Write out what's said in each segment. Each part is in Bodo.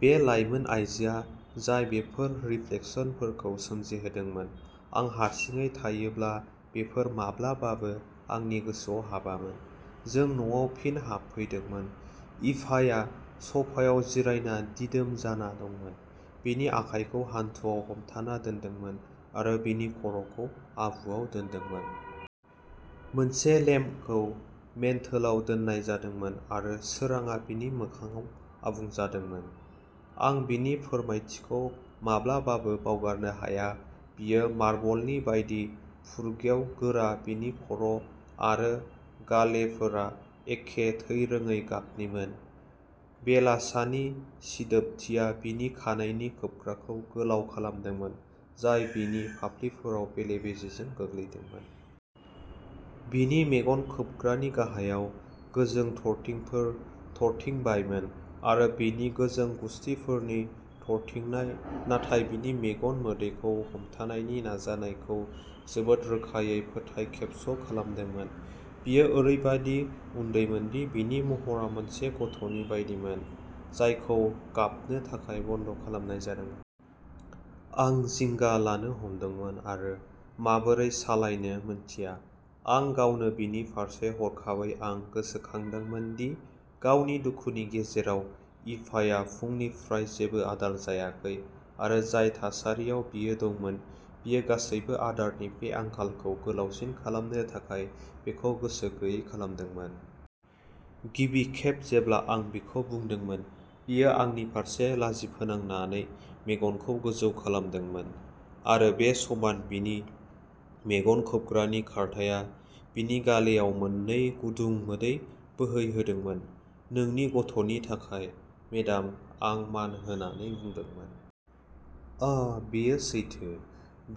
बे लाइमोन आइजोआ जाय बेफोर रिफ्लेकसनफोरखौ सोमजिहोदोंमोन, आं हारसिङै थायोब्ला बेफोर माब्लाबाबो आंनि गोसोआव हाबामोन। जों न'आव फिन हाबफैदोंमोन। इभाया सफायाव जिरायना दिदोम जाना दंमोन, बिनि आखाइखौ हान्थुआव हमथाना दोनदोंमोन आरो बिनि खर'खौ आबुआव दोन्दोंमोन। मोनसे लेम्पखौ मेन्टोलाव दोननाय जादोंमोन आरो सोरांआ बिनि मोखांआव आबुं जादोंमोन। आं बिनि फोरमायथिखौ माब्लाबाबो बावगारनो हाया बियो मार्बलनि बायदि फुरगेव गोरा बिनि खर' आरो गालेफोरा एखे थैरोङै गाबनिमोन, बेलासानि सिदोबथिया बिनि खानाइनि खोबग्राखौ गोलाव खालामदोंमोन, जाय बिनि फाफ्लिफोराव बेले-बेजेजों गोग्लैदोंमोन। बिनि मेगन-खोबग्रानि गाहायाव गोजों थरथिंफोर थरथिंबायमोन आरो बिनि गोजों गुसथिफोरनि थरथिंनाय नाथाय बिनि मेगन मोदैखौ हमथानायनि नाजानायखौ जोबोद रोखायै फोथायखेबस' खालामदोंमोन। बियो ओरैबायदि उन्दैमोनदि बिनि महरा मोनसे गथ'नि बायदिमोन जायखौ गाबनो थाखाय बन्द' खालामनाय जादोंमोन। आं जिंगा लानो हमदोंमोन आरो माबोरै सालायनो मोनथिया। आं गावनो बिनि फारसे हरखाबै आं गोसोखांदोंमोन दि गावनि दुखुनि गेजेराव इभाया फुंनिफ्राय जेबो आदार लायाखै आरो जाय थासारियाव बियो दंमोन, बियो गासैबो आदारनि बे आंखालखौ गोलावसिन खालामनो थाखाय बेखौ गोसो गैयै खालामदोंमोन। गिबि खेब जेब्ला आं बेखौ बुंदोंमोन, बियो आंनि फारसे लाजिफोनांनानै मेगनखौ गोजौ खालामदोंमोन आरो बे समाव बिनि मेगन-खोबग्रानि खारथाया बिनि गालेआव मोननै गुदुं मोदै बोहैहोदोंमोन "नोंनि गथ'नि थाखाय, मेडाम", आं मान होनानै बुंदोंमोन। "आह बेयो सैथो"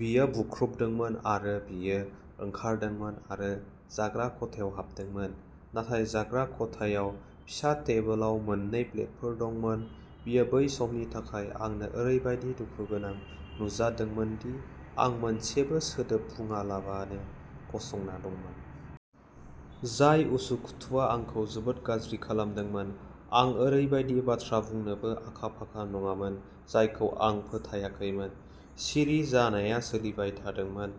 बियो बुख्रुबदोंमोन आरो बियो ओंखारदोंमोन आरो जाग्रा खथायाव हाबदोंमोन। नाथाय जाग्रा खथायाव फिसा टेबोलाव मोननै प्लेटफोर दंमोन, बेयो बै समनि थाखाय आंनो ओरैबादि दुखुगोनां नुजादोंमोनदि आं मोनसेबो सोदोब बुंआलाबानो गसंना दंमोन। जाय उसुखुथुआ आंखौ जोबोद गाज्रि खालामदोंमोन। आं ओरैबायदि बाथ्रा बुंनोबो आखा-फाखा नङामोन जायखौ आं फोथायाखैमोन। सिरि जानाया सोलिबाय थादोंमोन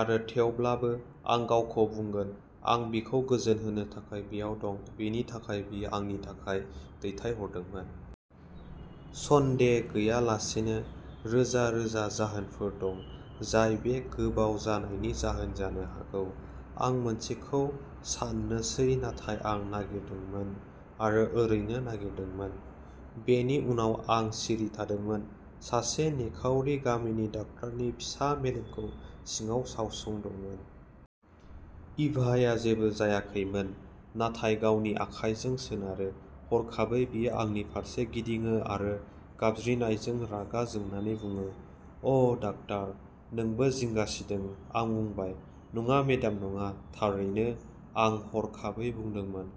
आरो थेवब्लाबो, आं गावखौ बुंगोन, आं बिखौ गोजोन होनो थाखाय बेयाव दं बेनि थाखाय बियो आंनि थाखाय दैथायहरदोंमोन। सन्देह गैयालासेनो, रोजा-रोजा जाहोनफोर दं जाय बे गोबाव जानायनि जाहोन जानो हागौ, आं मोनसेखौ सान्नोसै नाथाय आं नागिरदोंमोन आरो ओरैनो नागिरदोंमोन। बेनि उनाव आं सिरि थादोंमोन, सासे निखावरि गामिनि डाक्टारनि फिसा मेलेमखौ सिङाव सावसंदोंमोन। इभाया जेबो जायाखैमोन, नाथाय गावनि आखाइजों सोनारो। हरखाबै बियो आंनि फारसे गिदिङो आरो गाबज्रिनायजों रागा जोंनानै बुङो "आह, डक्ट'र नोंबो जिंगासिदों, आं बुंबाय- "नङा, मेडाम, नङा, थारैनो", आं हरखाबै बुंदोंमोन,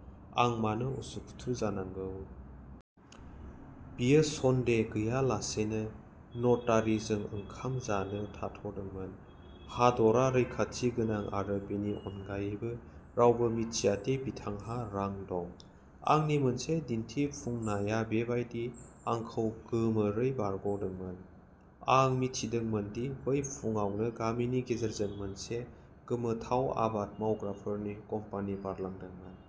"आं मानो उसुखुथु जानांगौ? बियो, सन्देह गैयालासेनो, नटारिजों ओंखाम जानो थाद'दोंमोन। हादरा रैखाथि गोनां आरो बेनि अनगायैबो रावबो मिन्थिया दि बिथांहा रां दं।" आंनि मोनसे दिन्थिफुंनाया बेबायदि आंखौ गोमोरै बारग'दोंमोन। आं मिथिदोंमोन दि बै फुंआवनो गामिनि गेजेरजों मोनसे गोमोथाव आबाद मावग्राफोरनि कम्पानी बारलांदोंमोन।